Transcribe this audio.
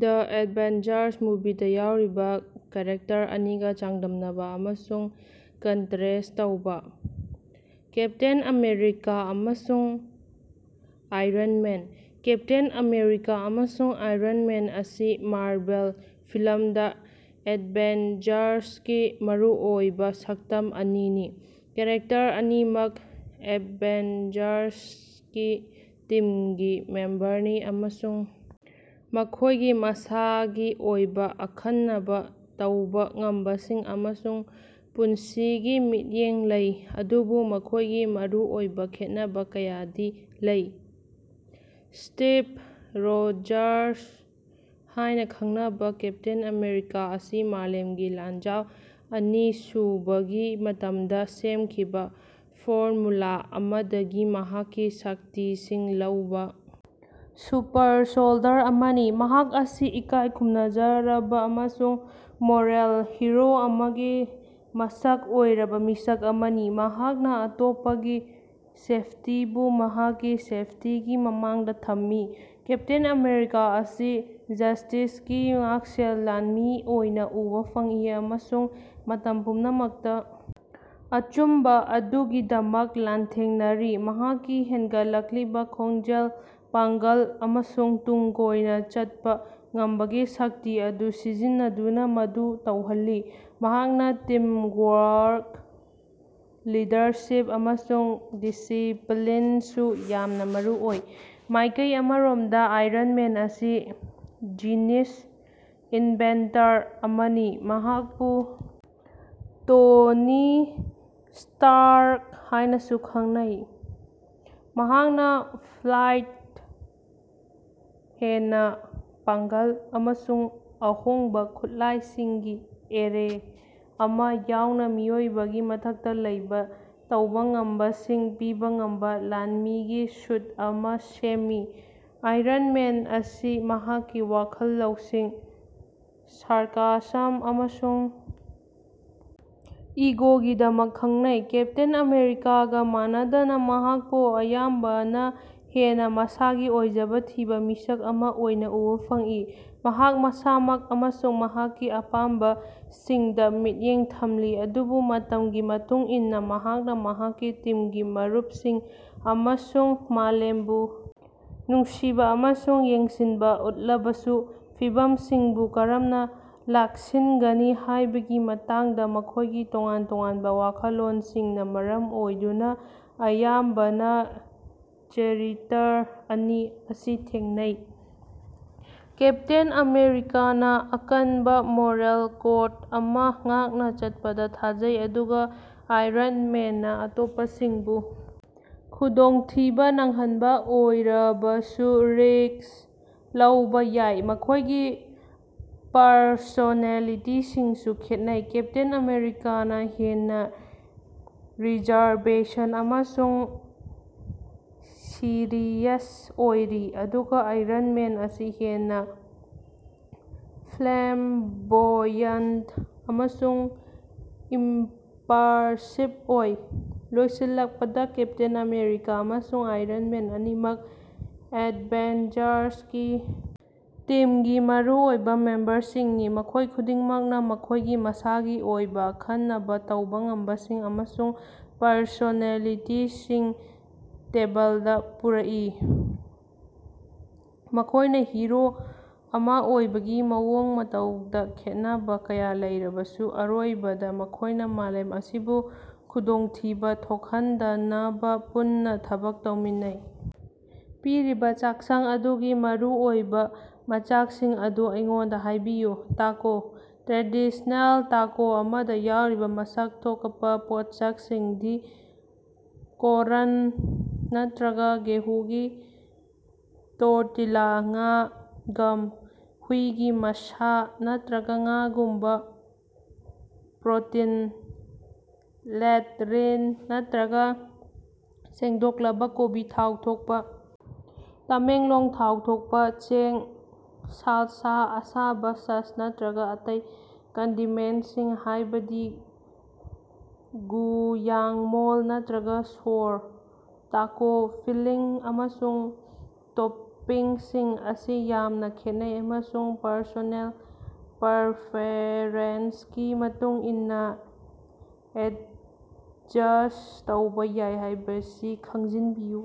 ꯗ Avengers ꯃꯨꯚꯤꯗ ꯌꯥꯎꯔꯤꯕ character ꯑꯅꯤꯒ ꯆꯥꯡꯗꯝꯅꯕ ꯑꯃꯁꯨꯡ ꯀꯟꯇꯔꯦꯁ꯭ꯠ ꯇꯧꯕꯥ꯫ ꯀꯦꯞꯇꯦꯟ ꯑꯃꯦꯔꯤꯀꯥ ꯑꯃꯁꯨꯡ ꯑꯥꯏꯔꯟ ꯃꯦꯟ꯫ ꯀꯦꯞꯇꯦꯟ ꯑꯃꯦꯔꯤꯀꯥ ꯑꯃꯁꯨꯡ ꯑꯥꯏꯔꯟ ꯃꯦꯟ ꯑꯁꯤ ꯃꯥꯔꯚꯦꯜ ꯐꯤꯂꯝꯗ ꯑꯦꯚꯦꯟꯖꯔꯁꯀꯤ ꯃꯔꯨꯑꯣꯏꯕ ꯁꯛꯇꯝ ꯑꯅꯤꯅꯤ꯫ ꯀꯦꯔꯦꯛꯇꯔ ꯑꯅꯤꯃꯛ ꯑꯦꯚꯦꯟꯖꯔꯁꯀꯤ ꯇꯤꯝꯒꯤ ꯃꯦꯝꯕꯔꯅꯤ ꯑꯃꯁꯨꯡ ꯃꯈꯣꯏꯒꯤ ꯃꯁꯥꯒꯤ ꯑꯣꯏꯕ ꯑꯈꯟꯅꯕ ꯇꯧꯕ ꯉꯝꯕꯁꯤꯡ ꯑꯃꯁꯨꯡ ꯄꯨꯟꯁꯤꯒꯤ ꯃꯤꯠꯌꯦꯡ ꯂꯩ, ꯑꯗꯨꯕꯨ ꯃꯈꯣꯏꯒꯤ ꯃꯔꯨꯑꯣꯏꯕ ꯈꯦꯠꯅꯕ ꯀꯌꯥꯗꯤ ꯂꯩ꯫ ꯁ꯭ꯇꯤꯚ ꯔꯣꯖꯔꯁ ꯍꯥꯏꯅ ꯈꯪꯅꯕ ꯀꯦꯞꯇꯦꯟ ꯑꯃꯦꯔꯤꯀꯥ ꯑꯁꯤ ꯃꯥꯂꯦꯝꯒꯤ ꯂꯥꯟꯖꯥꯎ ꯑꯅꯤꯁꯨꯕꯒꯤ ꯃꯇꯝꯗ ꯁꯦꯝꯈꯤꯕꯥ ꯐꯣꯔꯃꯨꯂꯥ ꯑꯃꯗꯒꯤ ꯃꯍꯥꯛꯀꯤ ꯁꯛꯇꯤꯁꯤꯡ ꯂꯧꯕ ꯁꯨꯄꯔ-ꯁꯣꯜꯗꯔ ꯑꯃꯅꯤ꯫ ꯃꯍꯥꯛ ꯑꯁꯤ ꯏꯀꯥꯏ ꯈꯨꯝꯅꯖꯔꯕ ꯑꯃꯁꯨꯡ ꯃꯣꯔꯦꯜ ꯍꯤꯔꯣ ꯑꯃꯒꯤ ꯃꯁꯛ ꯑꯣꯏꯔꯕ ꯃꯤꯁꯛ ꯑꯃꯅꯤ, ꯃꯍꯥꯛꯅ ꯑꯇꯣꯞꯄꯒꯤ ꯁꯦꯐꯇꯤꯕꯨ ꯃꯍꯥꯛꯀꯤ ꯁꯦꯐꯇꯤꯒꯤ ꯃꯃꯥꯡꯗꯥ ꯊꯝꯃꯤ꯫ ꯀꯦꯞꯇꯦꯟ ꯑꯃꯦꯔꯤꯀꯥ ꯑꯁꯤ ꯖꯁ꯭ꯇꯤꯁꯀꯤ ꯉꯥꯛꯁꯦꯜ ꯂꯥꯟꯃꯤ ꯑꯣꯏꯅ ꯎꯕ ꯐꯪꯏ, ꯑꯃꯁꯨꯡ ꯃꯇꯝ ꯄꯨꯝꯅꯃꯛꯇ ꯑꯆꯨꯝꯕ ꯑꯗꯨꯒꯤꯗꯃꯛ ꯂꯥꯟꯊꯦꯡꯅꯔꯤ, ꯃꯍꯥꯛꯀꯤ ꯍꯦꯟꯒꯠꯂꯛꯂꯤꯕ ꯈꯣꯡꯖꯦꯜ, ꯄꯥꯡꯒꯜ ꯑꯃꯁꯨꯡ ꯇꯨꯡ ꯀꯣꯏꯅ ꯆꯠꯄ ꯉꯝꯕꯒꯤ ꯁꯛꯇꯤ ꯑꯗꯨ ꯁꯤꯖꯤꯟꯅꯗꯨꯅ ꯃꯗꯨ ꯇꯧꯍꯜꯂꯤ꯫ ꯃꯍꯥꯛꯅ ꯇꯤꯝꯋꯥꯔꯛ, ꯂꯤꯗꯔꯁꯤꯞ ꯑꯃꯁꯨꯡ ꯗꯤꯁꯤꯄꯂꯤꯟꯁꯨ ꯌꯥꯝꯅ ꯃꯔꯨꯑꯣꯏ꯫ ꯃꯥꯏꯀꯩ ꯑꯃꯔꯣꯝꯗ ꯑꯥꯏꯔꯟ ꯃꯦꯟ ꯑꯁꯤ ꯖꯤꯅꯤꯁ ꯏꯟꯚꯦꯟꯇꯔ ꯑꯃꯅꯤ, ꯃꯍꯥꯛꯄꯨ ꯇꯣꯅꯤ ꯁ꯭ꯇꯥꯔꯛ ꯍꯥꯏꯅꯁꯨ ꯈꯪꯅꯩ꯫ ꯃꯍꯥꯛꯅ ꯐ꯭ꯂꯥꯏꯠ, ꯍꯦꯟꯅ ꯄꯥꯡꯒꯜ, ꯑꯃꯁꯨꯡ ꯑꯍꯣꯡꯕ ꯈꯨꯠꯂꯥꯏꯁꯤꯡꯒꯤ ꯑꯦꯔꯦ ꯑꯃꯥ ꯌꯥꯎꯅ ꯃꯤꯑꯣꯏꯕꯒꯤ ꯃꯊꯛꯇ ꯂꯩꯕ ꯇꯧꯕ ꯉꯝꯕꯁꯤꯡ ꯄꯤꯕ ꯉꯝꯕ ꯂꯥꯟꯃꯤꯒꯤ ꯁꯨꯠ ꯑꯃꯥ ꯁꯦꯝꯃꯤ꯫ ꯑꯥꯏꯔꯟ ꯃꯦꯟ ꯑꯁꯤ ꯃꯍꯥꯛꯀꯤ ꯋꯥꯈꯜ ꯂꯧꯁꯤꯡ, ꯁꯥꯔꯀꯥꯁꯝ ꯑꯃꯁꯨꯡ ꯏꯒꯣꯒꯤꯗꯃꯛ ꯈꯪꯅꯩ꯫ ꯀꯦꯞꯇꯦꯟ ꯑꯃꯦꯔꯤꯀꯥꯒ ꯃꯥꯟꯅꯗꯅ, ꯃꯍꯥꯛꯄꯨ ꯑꯌꯥꯝꯕꯅ ꯍꯦꯟꯅ ꯃꯁꯥꯒꯤ ꯑꯣꯏꯖꯕ ꯊꯤꯕ ꯃꯤꯁꯛ ꯑꯃ ꯑꯣꯏꯅ ꯎꯕ ꯐꯪꯏ, ꯃꯍꯥꯛ ꯃꯁꯥꯃꯛ ꯑꯃꯁꯨꯡ ꯃꯍꯥꯛꯀꯤ ꯑꯄꯥꯝꯕꯁꯤꯡꯗ ꯃꯤꯠꯌꯦꯡ ꯊꯝꯂꯤ, ꯑꯗꯨꯕꯨ ꯃꯇꯝꯒꯤ ꯃꯇꯨꯡ ꯏꯟꯅ ꯃꯍꯥꯛꯅ ꯃꯍꯥꯛꯀꯤ ꯇꯤꯝꯒꯤ ꯃꯔꯨꯞꯁꯤꯡ ꯑꯃꯁꯨꯡ ꯃꯥꯂꯦꯝꯕꯨ ꯅꯨꯡꯁꯤꯕ ꯑꯃꯁꯨꯡ ꯌꯦꯡꯁꯤꯟꯕ ꯎꯠꯂꯕꯁꯨ꯫ ꯐꯤꯚꯝꯁꯤꯡꯕꯨ ꯀꯔꯝꯅ ꯂꯥꯛꯁꯤꯟꯒꯅꯤ ꯍꯥꯏꯕꯒꯤ ꯃꯇꯥꯡꯗ ꯃꯈꯣꯏꯒꯤ ꯇꯣꯉꯥꯟ ꯇꯣꯉꯥꯟꯕ ꯋꯥꯈꯜꯂꯣꯟꯁꯤꯡꯅ ꯃꯔꯝ ꯑꯣꯏꯗꯨꯅ ꯑꯌꯥꯝꯕꯅ ꯆꯔꯤꯇꯔ ꯑꯅꯤ ꯑꯁꯤ ꯊꯦꯡꯅꯩ꯫ ꯀꯦꯞꯇꯦꯟ ꯑꯃꯦꯔꯤꯀꯥꯅ ꯑꯀꯟꯕ ꯃꯣꯔꯦꯜ ꯀꯣꯗ ꯑꯃꯥ ꯉꯥꯛꯅ ꯆꯠꯄꯗ ꯊꯥꯖꯩ, ꯑꯗꯨꯒ ꯑꯥꯏꯔꯟ ꯃꯦꯟꯅ ꯑꯇꯣꯞꯄꯁꯤꯡꯕꯨ ꯈꯨꯗꯣꯡꯊꯤꯕꯥ ꯅꯪꯍꯟꯕ ꯑꯣꯏꯔꯕꯁꯨ ꯔꯤꯁ꯭ꯛ ꯂꯧꯕ ꯌꯥꯏ꯫ ꯃꯈꯣꯏꯒꯤ ꯄꯔꯁꯣꯅꯦꯂꯤꯇꯤꯁꯤꯡꯁꯨ ꯈꯦꯠꯅꯩ, ꯀꯦꯞꯇꯦꯟ ꯑꯃꯦꯔꯤꯀꯥꯅ ꯍꯦꯟꯅ ꯔꯤꯖꯔꯕꯦꯁꯟ ꯑꯃꯁꯨꯡ ꯁꯤꯔꯤꯌꯁ ꯑꯣꯏꯔꯤ, ꯑꯗꯨꯒ ꯑꯥꯏꯔꯟ ꯃꯦꯟ ꯑꯁꯤ ꯍꯦꯟꯅ ꯐ꯭ꯂꯦꯝꯕꯣꯌꯟꯠ ꯑꯃꯁꯨꯡ ꯏꯝꯄꯜꯁꯤꯕ ꯑꯣꯏ꯫ ꯂꯣꯏꯁꯤꯜꯂꯛꯄꯗ, ꯀꯦꯞꯇꯦꯟ ꯑꯃꯦꯔꯤꯀꯥ ꯑꯃꯁꯨꯡ ꯑꯥꯏꯔꯟ ꯃꯦꯟ ꯑꯅꯤꯃꯛ ꯑꯦꯚꯦꯟꯖꯔꯁꯀꯤ ꯇꯤꯝꯒꯤ ꯃꯔꯨꯑꯣꯏꯕ ꯃꯦꯝꯕꯔꯁꯤꯡꯅꯤ, ꯃꯈꯣꯏ ꯈꯨꯗꯤꯡꯃꯛꯅ ꯃꯈꯣꯏꯒꯤ ꯃꯁꯥꯒꯤ ꯑꯣꯏꯕ ꯑꯈꯟꯅꯕ ꯇꯧꯕ ꯉꯝꯕꯁꯤꯡ ꯑꯃꯁꯨꯡ ꯄꯔꯁꯣꯅꯦꯂꯤꯇꯤꯁꯤꯡ ꯇꯦꯕꯜꯗ ꯄꯨꯔꯛꯏ꯫ ꯃꯈꯣꯏꯅ ꯍꯤꯔꯣ ꯑꯃꯥ ꯑꯣꯏꯕꯒꯤ ꯃꯑꯣꯡ ꯃꯇꯧꯗ ꯈꯦꯠꯅꯕ ꯀꯌꯥ ꯂꯩꯔꯕꯁꯨ, ꯑꯔꯣꯏꯕꯗ ꯃꯈꯣꯏꯅ ꯃꯥꯂꯦꯝ ꯑꯁꯤꯕꯨ ꯈꯨꯗꯣꯡꯊꯤꯕ ꯊꯣꯛꯍꯟꯗꯅꯕ ꯄꯨꯟꯅ ꯊꯕꯛ ꯇꯧꯃꯤꯟꯅꯩ꯫ ꯄꯤꯔꯤꯕ ꯆꯥꯛꯁꯪ ꯑꯗꯨꯒꯤ ꯃꯔꯨꯑꯣꯏꯕ ꯃꯆꯥꯛꯁꯤꯡ ꯑꯗꯨ ꯑꯩꯉꯣꯟꯗ ꯍꯥꯏꯕꯤꯌꯨ꯫ ꯇꯥꯀꯣ꯫ ꯇ꯭ꯔꯦꯗꯤꯁꯅꯦꯜ ꯇꯥꯀꯣ ꯑꯃꯗ ꯌꯥꯎꯔꯤꯕ ꯃꯁꯛ ꯊꯣꯀꯄ ꯄꯣꯠꯁꯛꯁꯤꯡꯗꯤ: ꯀꯣꯔꯟ ꯅꯠꯇꯔꯒ ꯒꯦꯍꯨꯒꯤ ꯇꯣꯔꯇꯤꯂꯥ ꯉꯥ, ꯒꯝ, ꯍꯨꯏꯒꯤ ꯃꯁꯥ, ꯅꯠꯇꯔꯒ ꯉꯥꯒꯨꯝꯕ ꯄ꯭ꯔꯣꯇꯤꯟ ꯂꯦꯠꯔꯤꯟ ꯅꯠꯇꯔꯒ ꯁꯦꯡꯗꯣꯛꯂꯕ ꯀꯣꯕꯤ ꯊꯥꯎ ꯊꯣꯛꯄ ꯇꯃꯦꯡꯂꯣꯡ ꯊꯥꯎ ꯊꯣꯛꯄ ꯆꯦꯡ ꯁꯥꯜꯁꯥ, ꯑꯁꯥꯕꯥ ꯁꯁ ꯅꯠꯇꯔꯒ ꯑꯇꯩ ꯀꯟꯗꯤꯃꯦꯟꯠꯁꯤꯡ ꯍꯥꯏꯕꯗꯤ ꯒꯨꯌꯥꯛꯃꯣꯜ ꯅꯠꯇꯔꯒ ꯁꯣꯔ꯫ ꯇꯥꯀꯣ ꯐꯤꯜꯂꯤꯡ ꯑꯃꯁꯨꯡ ꯇꯣꯄꯤꯡꯁꯤꯡ ꯑꯁꯤ ꯌꯥꯝꯅ ꯈꯦꯠꯅꯩ ꯑꯃꯁꯨꯡ ꯄꯔꯁꯣꯅꯦꯜ ꯄꯔꯐꯦꯔꯦꯟꯁꯀꯤ ꯃꯇꯨꯡ ꯏꯟꯅ ꯑꯦꯗꯖꯁ꯭ꯠ ꯇꯧꯕ ꯌꯥꯏ ꯍꯥꯏꯕꯁꯤ ꯈꯪꯖꯤꯟꯕꯤꯌꯨ꯫